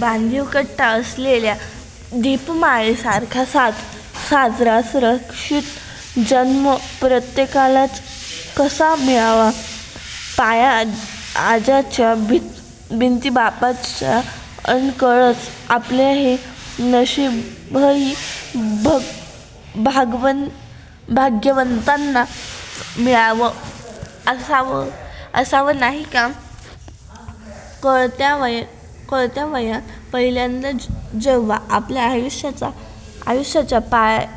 बांधिव कट्टा असलेल्या दीपमाळेसारखा साजरा सुरक्षीत जन्म प्रत्येकालाच कसा मिळावा? पाया आज्याचा, भिंती बापाच्या अन कळस आपला हे नशीबही भाग्यवंतांनाच मिळत असावं नाही का? कळत्या वयात पहिल्यांदा जेव्हा आपल्या आयुष्याच्या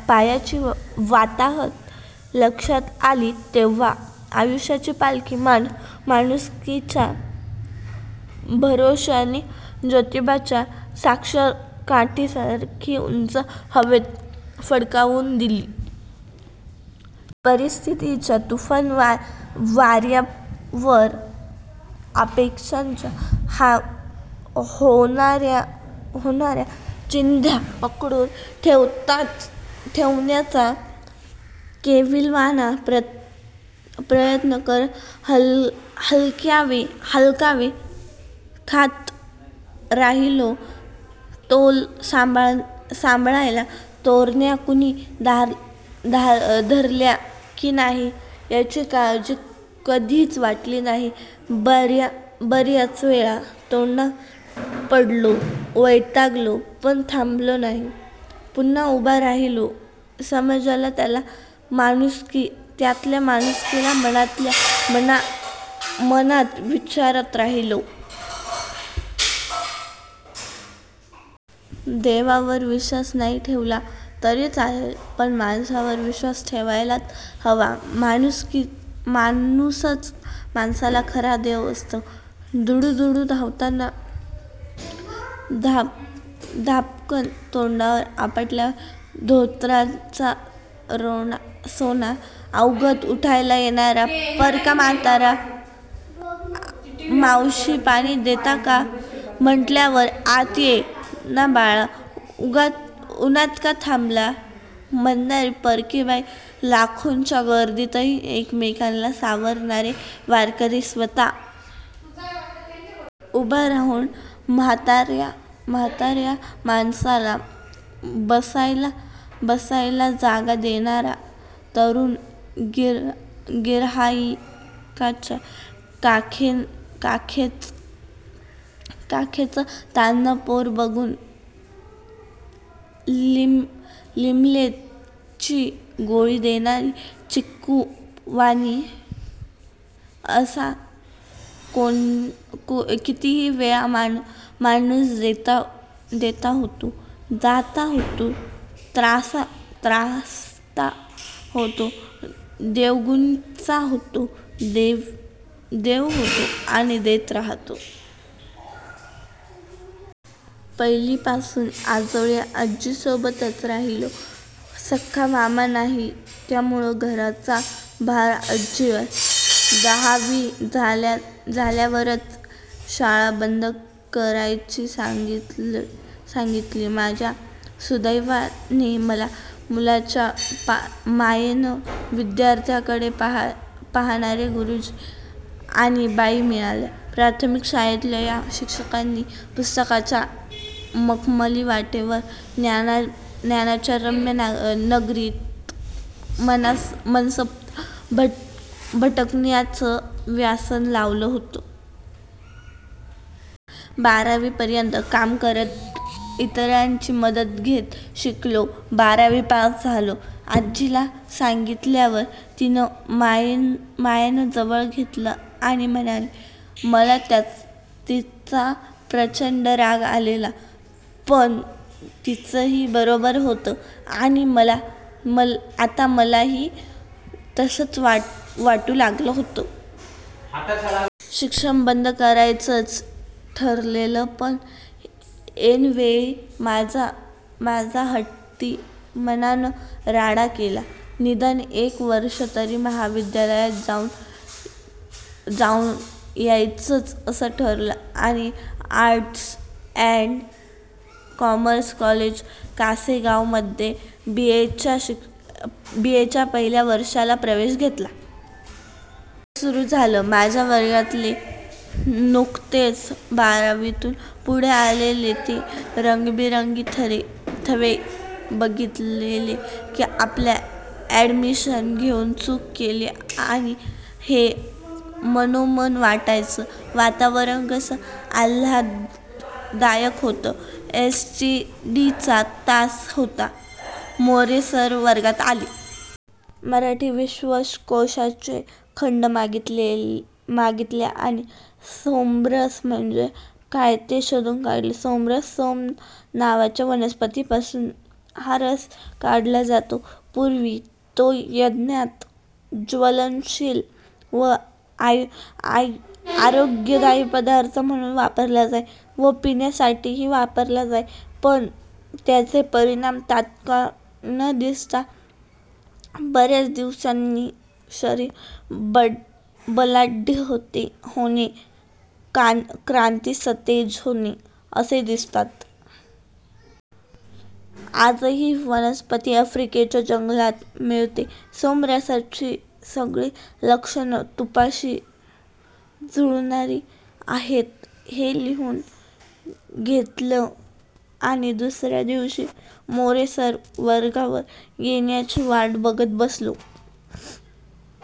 पायाची वाताहत लक्षात आली, तेव्हाच आयुष्याची पालखी माणुसकीच्या भरोश्याने जोतिबाच्या सासणकाठीसारखी उंच हवेत फडकावून दिली. परिस्थीतीच्या तुफान वार्यावर अपेक्षांच्या होणार्या चिंध्या पकडून ठेवण्याचा केविलवाणा प्रयत्न करत हेलकावे खात राहिलो. तोल सांभाळायला तोरण्या कुणी धरल्या की नाही. याची काळजी कधीच वाटली नाही, बर्याच वेळा तोंडावर पडलो, वैतागलो, पण थांबलो नाही. पुन्हा उभा राहिलो, समाजाला त्यातल्या माणुसकीला मनातल्या मनात विनवत राहिलो. देवावर विश्वास नाही ठेवला तरी चालेल पण माणसावर विश्वास ठेवायलाच हवा माणूसच माणसाचा खरा देव असतो. दुडू-दुडू धावताना धापकन तोंडवर आपटल्यावर धोतराचा सोगा आवरत उठवायला येणारा परका म्हातारा, 'मावशी पाणी देता का? ' म्हटल्यावर 'आत ये ना बाळा, उनात का थांबला' म्हणणारी परकी बाई, लाखोंच्या गर्दीतही एकमेकाला सावरणारे वारकरी. स्वतः उभा राहून म्हातार्या माणसाला बसायला जागा देणारा तरूण गिर्हाईकाच्या काखेचं तान्हं पोर बघून लिमलेटची गोळी देणारा चिक्कु वाणी, असा कितीतरी वेळा माणूस देता होतो. दाता होतो, त्राता होतो, देवगुणाचा होतो, देव होतो आणि देत राहतो. पहिलीपासून आजोळी आज्जीसोबतच राहिलो. सख्खा मामा नाही त्यामुळं घराचा भार आजीवर. दहावी झाल्यावरच शाळा बंद करायला सांगितली. माझ्या सुदैवाने मला मुलाच्या मायेनं विध्यार्थांकडे पाहणारे गुरूजी आणि बाई मिळाल्या. प्राथमिक शाळेतल्या या शिक्षकांनी पुस्तकांच्या मखमली वाटेवरून ज्ञानाच्या रम्य नगरीत मनसोक्त भटकण्याचं व्यसन लावलं होतं. बारावी पर्यंत काम करत इतरांची मदत घेत शिकलो. बारावी पास झालो. आज्जीला सांगितल्यावर तिनं मायेनं जवळ घेतलं आणि म्हणाली, मला तिचा प्रचंड राग आलेला. पण तीचंही बरोबरच होतं. आणि आता मलाही तसच वाटू लागलं होतं. शिक्षण बंद करायचंच ठरलेलं पण ऐन वेळी माझ्या हट्टी मनानं राडा केला. निदान एक वर्ष तरी महाविद्यालयात जाऊन यायचच असं ठरलं आणि arts and commerce college Kasegaon मधे बीए च्या पहिल्या वर्षाला प्रवेश घेतला. कॉलेज सुरू झालं. माझ्या वर्गातले नुकतेच बारावीतून पुढे आलेले ते रंगबिरंगी थवे बघितले की आपण ॲडमिशन घेऊन चूक केली नाही हे मनोमन पटायचं, वातावरण कसं आल्हाददायक होतं. एस्. टी. डी चा तास होता मोरे सर वर्गावर आले. मराठी विश्वकोषाचे खंड मागितले आणि सोमरस म्हणजे काय ते शोधून काढले. 'सोमरस सोम नावाच्या वनस्पतीपासून हा रस काढला जातो. पुर्वी तो यज्ञात ज्वलनशील व आरोग्यदायी पदार्थ म्हणून वापरला जाई व पिण्यासाठीही वापरला जाई पण त्याचे परिणाम तात्काळ न दिसता बर्याच दिवसांनी शरीर बलाढ्य होणे, कांती सतेज होणे, असे दिसतात. आजही ही वनस्पती अफ्रिकेच्या जंगलात मिळते. ' सोमरसाची सगळी लक्षणं तुपाशी जुळणारी आहेत. हे लिहून घेतलं आणि दुसर्या दिवशी मोरे सर वर्गावर येण्याची वाट बघत बसलो.